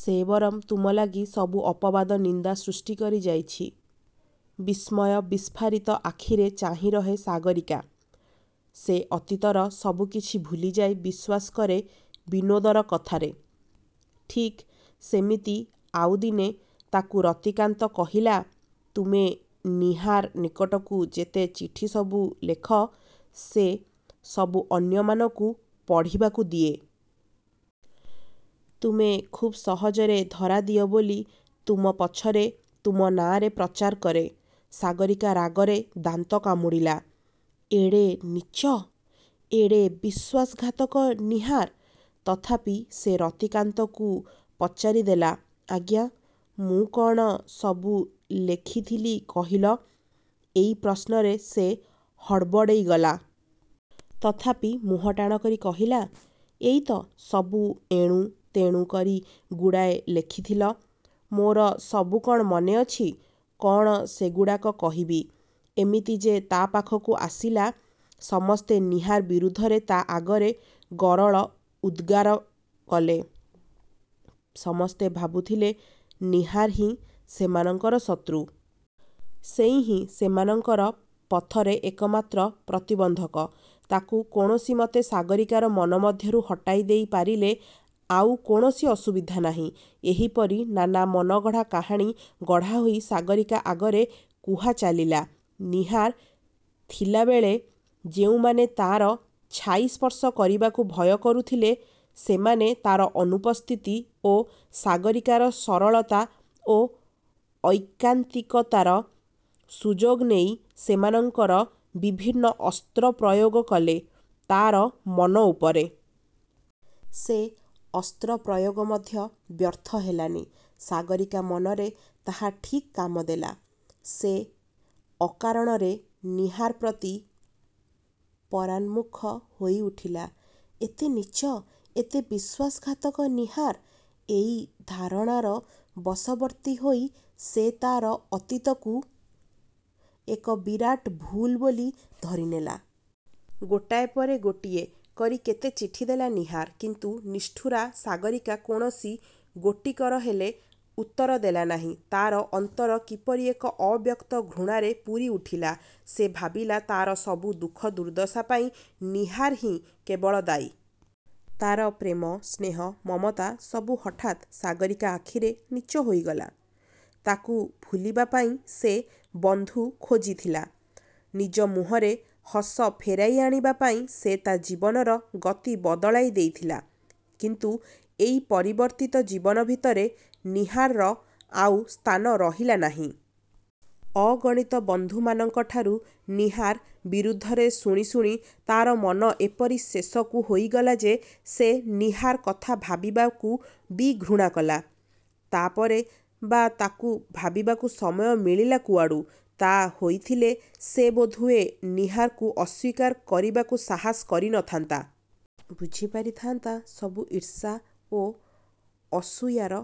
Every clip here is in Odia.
ସେ ବରଂ ତୁମ ଲାଗି ସବୁ ଅପବାଦ, ନିନ୍ଦା ସୃଷ୍ଟି କରି ଯାଇଛି। '' ବିସ୍ମୟ ବିସ୍ଫାରିତ ଆଖିରେ ଚାହିଁରହେ ସାଗରୀକା। ସେ ଅତୀତର ସବୁ କିଛି ଭୁଲିଯାଇ ବିଶ୍ୱାସ କରେ ବିନୋଦର କଥାରେ। ଠିକ୍ ସେମିତି ଆଉ ଦିନେ ତାକୁ ରତିକାନ୍ତ କହିଲା-''ତୁମେ ନୀହାର ନିକଟକୁ ଯେତେ ଚିଠି ସବୁ ଲେଖ; ସେ ସବୁ ଅନ୍ୟମାନଙ୍କୁ ପଢ଼ିବାକୁ ଦିଏ-। ତୁମେ ଖୁବ୍ ସହଜରେ ଧରା ଦିଅ ବୋଲି ତୁମ ପଛରେ ତୁମ ନାଁରେ ପ୍ରଚାର କରେ। '' ସାଗରୀକା ରାଗରେ ଦାନ୍ତ କାମୁଡ଼ିଲା। ଏଡ଼େ ନୀଚ୍ଚ, ଏଡ଼େ ବିଶ୍ୱାସଘାତକ ନୀହାର। ତଥାପି ସେ ରତିକାନ୍ତଙ୍କୁ ପଚାରି ଦେଲା-''ଆଚ୍ଛା-ମୁଁ କ'ଣ ସବୁ ଲେଖିଥିଲି କହିଲ। '' ଏଇ ପ୍ରଶ୍ନରେ ସେ ହଡ଼ବଡ଼େଇ ଗଲା-। ତଥାପି ମୁହଁଟାଣ କରି କହିଲା-''ଏଇତ ସବୁ ଏଣୁତେଣୁ କରି ଗୁଡ଼ାଏ ଲେଖିଥିଲ। ମୋର ସବୁ କ'ଣ ମନେଅଛି। କ'ଣ ସେଗୁଡ଼ାକ କହିବି। '' ଏମିତି ଯେ ତା' ପାଖକୁ ଆସିଲା; ସମସ୍ତେ ନୀହାର ବିରୁଦ୍ଧରେ ତା' ଆଗରେ ଗରଳ ଉଦ୍ଗାର କଲେ। ସମସ୍ତେ ଭାବୁଥିଲେ ନୀହାର ହିଁ ସେମାନଙ୍କର ଶତ୍ରୁ। ସେଇହିଁ ସେମାନଙ୍କର ପଥରେ ଏକମାତ୍ର ପ୍ରତିବନ୍ଧକ। ତାକୁ କୌଣସି ମତେ ସାଗରୀକାର ମନ ମଧ୍ୟରୁ ହଟାଇ ଦେଇ ପାରିଲେ; ଆଉ କୌଣସି ଅସୁବିଧା ନାହିଁ-। ଏହିପରି ନାନା ମନଗଢ଼ା କାହାଣୀ ଗଢ଼ାହୋଇ ସାଗରୀକା ଆଗରେ କୁହା ଚାଳିଲା। ନୀହାର ଥିଲାବେଳେ ଯେଉଁମାନେ ତା'ର ଛାଇ ସ୍ପର୍ଶ କରିବାକୁ ଭୟ କରୁଥିଲେ, ସେମାନେ ତା'ର ଅନୁପସ୍ଥିତି ଓ ସାଗରୀକାର ସରଳତା ଓ ଐକାନ୍ତିକତାର ସୁଯୋଗ ନେଇ ସେମାନଙ୍କର ବିଭିନ୍ନ ଅସ୍ତ୍ର ପ୍ରୟୋଗ କଲେ ତା'ର ମନ ଉପରେ। ସେ ଅସ୍ତ୍ର ପ୍ରୟୋଗ ମଧ୍ୟ ବ୍ୟର୍ଥ ହେଲାନି। ସାଗରୀକା ମନରେ ତାହା ଠିକ୍ କାମ ଦେଲା। ସେ ଅକାରଣରେ ନୀହାର ପ୍ରତି ପରାନ୍ମୁଖ ହୋଇ ଉଠିଲା-। ଏତେ ନୀଚ୍ଚ, ଏଡ଼େ ବିଶ୍ୱାସଘାତକ ନୀହାର; ଏଇ ଧାରଣାର ବଶବର୍ତ୍ତୀ ହୋଇ ସେ ତା'ର ଅତୀତକୁ ଏକ ବିରାଟ ଭୁଲ୍ ବୋଲି ଧରିନେଲା। ଗୋଟାଏ ପରେ ଗୋଟିଏ କରି କେତେ ଚିଠି ଦେଲା ନୀହାର; କିନ୍ତୁ ନିଷ୍ଠୁରା ସାଗରୀକା କୌଣସି ଗୋଟିକର ହେଲେ ଉତ୍ତର ଦେଲାନାହିଁ-। ତା'ର ଅନ୍ତର କିପରି ଏକ ଅବ୍ୟକ୍ତ ଘୃଣାରେ ପୂରିଉଠିଲା। ସେ ଭାବିଲା ତା'ର ସବୁ ଦୁଃଖ, ଦୁର୍ଦ୍ଦଶା ପାଇଁ ନୀହାର ହିଁ କେବଳ ଦାୟୀ। ତା'ର ପ୍ରେମ, ସ୍ନେହ, ମମତା ସବୁ ହଠାତ୍ ସାଗରୀକା ଆଖିରେ ନୀଚ୍ଚ ହୋଇଗଲା। ତାକୁ ଭୁଲିବା ପାଇଁ ସେ ବନ୍ଧୁ ଖୋଜିଥିଲା। ନିଜ ମୁହଁରେ ହସ ଫେରାଇ ଆଣିବା ପାଇଁ ସେ ତା' ଜୀବନର ଗତି ବଦଳାଇ ଦେଇଥିଲା। କିନ୍ତୁ ଏଇ ପରିବର୍ତ୍ତିତ ଜୀବନ ଭିତରେ ନୀହାରର ଆଉ ସ୍ଥାନ ରହିଲା ନାହିଁ-। ଅଗଣିତ ବନ୍ଧୁମାନଙ୍କଠାରୁ ନୀହାର ବିରୁଦ୍ଧରେ ଶୁଣି ଶୁଣି ତା'ର ମନ ଏପରି ଶେଷକୁ ହୋଇଗଲା ଯେ ସେ ନୀହାର କଥା ଭାବିବାକୁ ବି ଘୃଣା କଲା। ତା'ପରେ ବା ତାକୁ ଭାବିବାକୁ ସମୟ ମିଳିଲା କୁଆଡ଼ୁ? ତା' ହୋଇଥିଲେ ସେ ବୋଧହୁଏ ନୀହାରକୁ ଅସ୍ୱୀକାର କରିବାକୁ ସାହସ କରିନଥାନ୍ତା-। ବୁଝିପାରିଥାନ୍ତା ସବୁ ଈର୍ଷା ଓ ଅସୂୟାର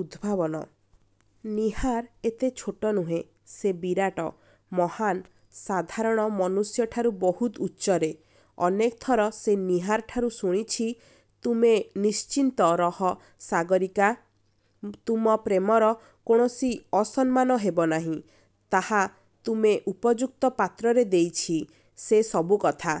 ଉଦ୍ଭାବନ। ନୀହାର ଏତେ ଛୋଟ ନୁହେଁ; ସେ ବିରାଟ, ମହାନ୍, ସାଧାରଣ ମନୁଷ୍ୟଠାରୁ ବହୁତ ଉଚ୍ଚରେ। ଅନେକଥର ସେ ନୀହାରଠାରୁ ଶୁଣିଛି-''ତୁମେ ନିଶ୍ଚିନ୍ତ ରହ ସାଗରୀକା-ତୁମ ପ୍ରେମର କୌଣସି ଅସମ୍ମାନ ହେବନାହିଁ। ତାହା ତୁମେ ଉପଯୁକ୍ତ ପାତ୍ରରେ ଦେଇଛି। '' ସେ ସବୁ କଥା